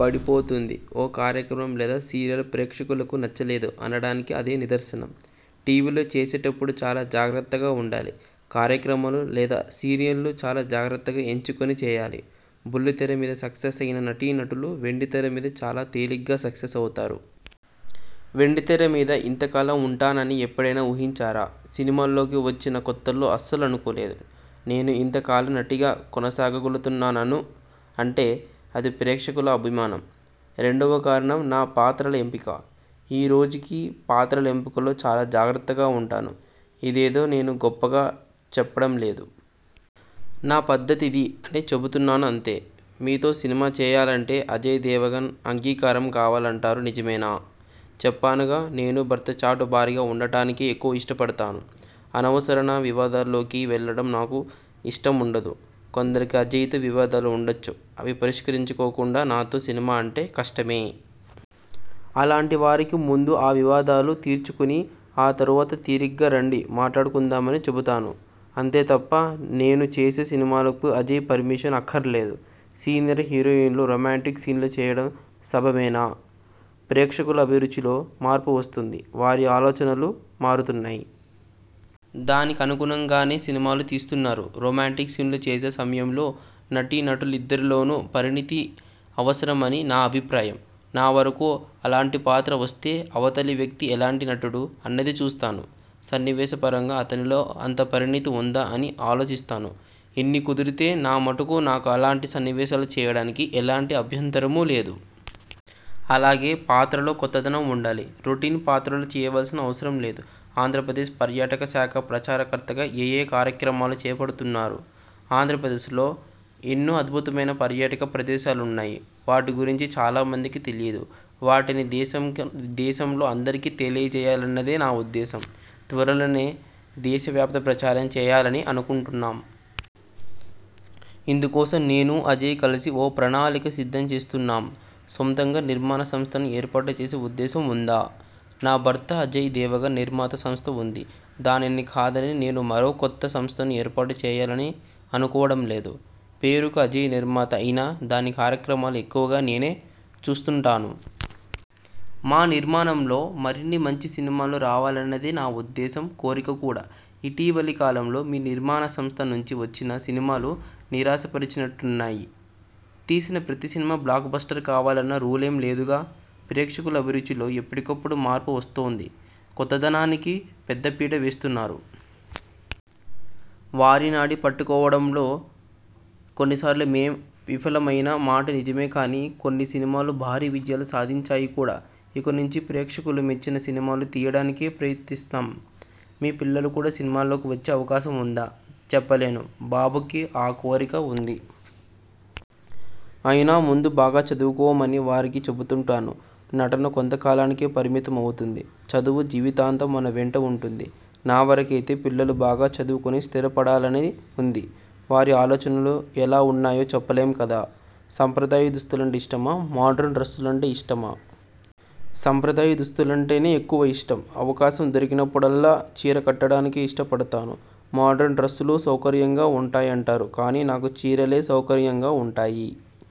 పడిపోతుంది. ఓ కార్యక్రమం లేదా సీరియల్ ప్రేక్షకులకు నచ్చలేదు అనడానికి అదే నిదర్శనం. టీవీలో చేసేటప్పుడు చాలా జాగ్రత్తగా ఉండాలి. కార్యక్రమాలు లేదా సీరియల్ను చాలా జాగ్రత్తగా ఎంచుకుని చేయాలి. బుల్లి తెర మీద సక్సెస్ అయిన నటీనటులు వెండితెర మీద చాలా తేలిగ్గా సక్సెస్ అవుతారు. వెండితెర మీద ఇంతకాలం ఉంటానని ఎప్పుడైనా ఊహించారా? సినిమాల్లోకి వచ్చిన కొత్తల్లో అస్సలు అనుకోలేదు. నేను ఇంత కాలం నటిగా కొనసాగగలుగుతున్నాను అంటే అది ప్రేక్షకుల అభిమానం. రెండవ కారణం నా పాత్రల ఎంపిక. ఈరోజుకీ పాత్రల ఎంపికలో చాలా జాగ్రత్తగా ఉంటాను. ఇదేదో నేను గొప్పగా చెప్పడం లేదు. నా పద్ధతి ఇది అని చెబుతున్నాను అంతే! మీతో సినిమా చేయాలంటే అజయ్ దేవగన్ అంగీకారం కావాలంటారు నిజమేనా? చెప్పానుగా నేను భర్త చాటు భార్యగా ఉండడానికే ఎక్కువ ఇష్టపడతాను. అనవసరన వివాదాల్లోకి వెళ్ళడం నాకు ఇష్టం ఉండదు. కొందరికి అజయ్ తో వివాదాలు ఉండొచ్చు అవి పరిష్కరించుకోకుండా నాతో సినిమా అంటే కష్టమే! అలాంటి వారికి ముందు ఆ వివాదాలు తీర్చుకుని ఆ తరువాత తీరిగ్గా రండి మాట్లాడుకుందామని చెబుతాను. అంతే తప్ప నేను చేసే సినిమాలకు అజయ్ పర్మిషన్ అక్కర్లేదు. సీనియర్ హీరోయిన్లు రొమాంటిక్ సీన్లు చేయడం సబబేనా? ప్రేక్షకుల అభిరుచిలో మార్పు వస్తోంది. వారి ఆలోచనలూ మారుతున్నాయి. దానికనుగుణంగానే సినిమాలూ తీస్తున్నారు. రొమాంటిక్ సీన్లు చేసే సమయంలో నటీనటులిద్దరిలోనూ పరిణితి అవసరం అని నా అభిప్రాయం. నా వరకూ అలాంటి పాత్ర వస్తే అవతలి వ్యక్తి ఎలాంటి నటుడు? అన్నది చూస్తాను. సన్నివేశపరంగా అతనిలో అంత పరిణితి ఉందా అని ఆలోచిస్తాను. ఇన్ని కుదిరితే నా మటుకు నాకు అలాంటి సన్నివేశాలు చేయడానికి ఎలాంటి అభ్యంతరమూ లేదు. అలాగే పాత్రలో కొత్తదనం ఉండాలి. రొటీన్ పాత్రలూ చేయవలసిన అవసరం లేదు. ఆంధ్రప్రదేశ్ పర్యాటక శాఖ ప్రచారకర్తగా ఏఏ కార్యక్రమాలు చేపడుతున్నారు? ఆంధ్రప్రదేశ్లో ఎన్నో అద్భుతమైన పర్యాటక ప్రదేశాలున్నాయి. వాటి గురించి చాలామందికి తెలియదు. వాటిని దేశంలో అందరికీ తెలియజేయాలన్నదే నా ఉద్దేశం. త్వరలోనే దేశవ్యాప్త ప్రచారం చేయాలని అనుకుంటున్నాం. ఇందుకోసం నేనూ, అజయ్ కలిసి ఓ ప్రణాళిక సిద్దం చేస్తున్నాం. సొంతంగా నిర్మాణ సంస్థను ఏర్పాటు చేసే ఉద్దేశం ఉందా? నా భర్త అజయ్ దేవగన్ నిర్మాణ సంస్థ ఉంది. దానిని కాదని నేను మరో కొత్త సంస్థను ఏర్పాటు చేయాలని అనుకోవడం లేదు. పేరుకి అజయ్ నిర్మాత అయినా దాని కార్యక్రమాలు ఎక్కువగా నేనే చూస్తుంటాను. మా నిర్మాణంలో మరిన్ని మంచి సినిమాలు రావాలన్నదే నా ఉద్దేశం, కోరిక కూడా! ఇటీవలి కాలంలో మీ నిర్మాణ సంస్థ నుంచి వచ్చిన సినిమాలు నిరాశపరిచినట్టున్నాయి? తీసిన ప్రతి సినిమా బ్లాక్బస్టర్ కావాలన్న రూలేం లేదుగా! ప్రేక్షకుల అభిరుచిలో ఎప్పటికప్పుడు మార్పు వస్తోంది. కొత్తదనానికి పెద్ద పీట వేస్తున్నారు. వారి నాడి పట్టుకోవడంలో కొన్నిసార్లు మేం విఫలం అయిన మాట నిజమే కానీ, కొన్ని సినిమాలు భారీ విజయాలు సాధించాయి కూడా! ఇక నుంచి ప్రేక్షకులు మెచ్చిన సినిమాలు తీయడానికే ప్రయత్నిస్తాం. మీ పిల్లలు కూడా సినిమాల్లోకి వచ్చే అవకాశం ఉందా? చెప్పలేను. బాబుకి ఆ కోరిక ఉంది. అయినా ముందు బాగా చదువుకోమని వారికి చెబుతుంటాను. నటన కొంతకాలానికే పరిమితం అవుతుంది. చదువు జీవితాంతం మన వెంట ఉంటుంది. నా వరకైతే పిల్లలు బాగా చదువుకొని స్థిరపడాలని ఉంది. వారి ఆలోచనలు ఎలా ఉన్నాయో చెప్పలేం కదా! సంప్రదాయ దుస్తులంటే ఇష్టమా? మోడ్రన్ డ్రస్సులంటే ఇష్టమా? సంప్రదాయ దుస్తులంటేనే ఎక్కువ ఇష్టం. అవకాశం దొరికినప్పుడల్లా చీర కట్డడానికే ఇష్టపడతాను. మోడ్రన్ డ్రస్సులు సౌకర్యంగా ఉంటాయంటారు కానీ నాకు చీరలే సౌకర్యంగా ఉంటాయి.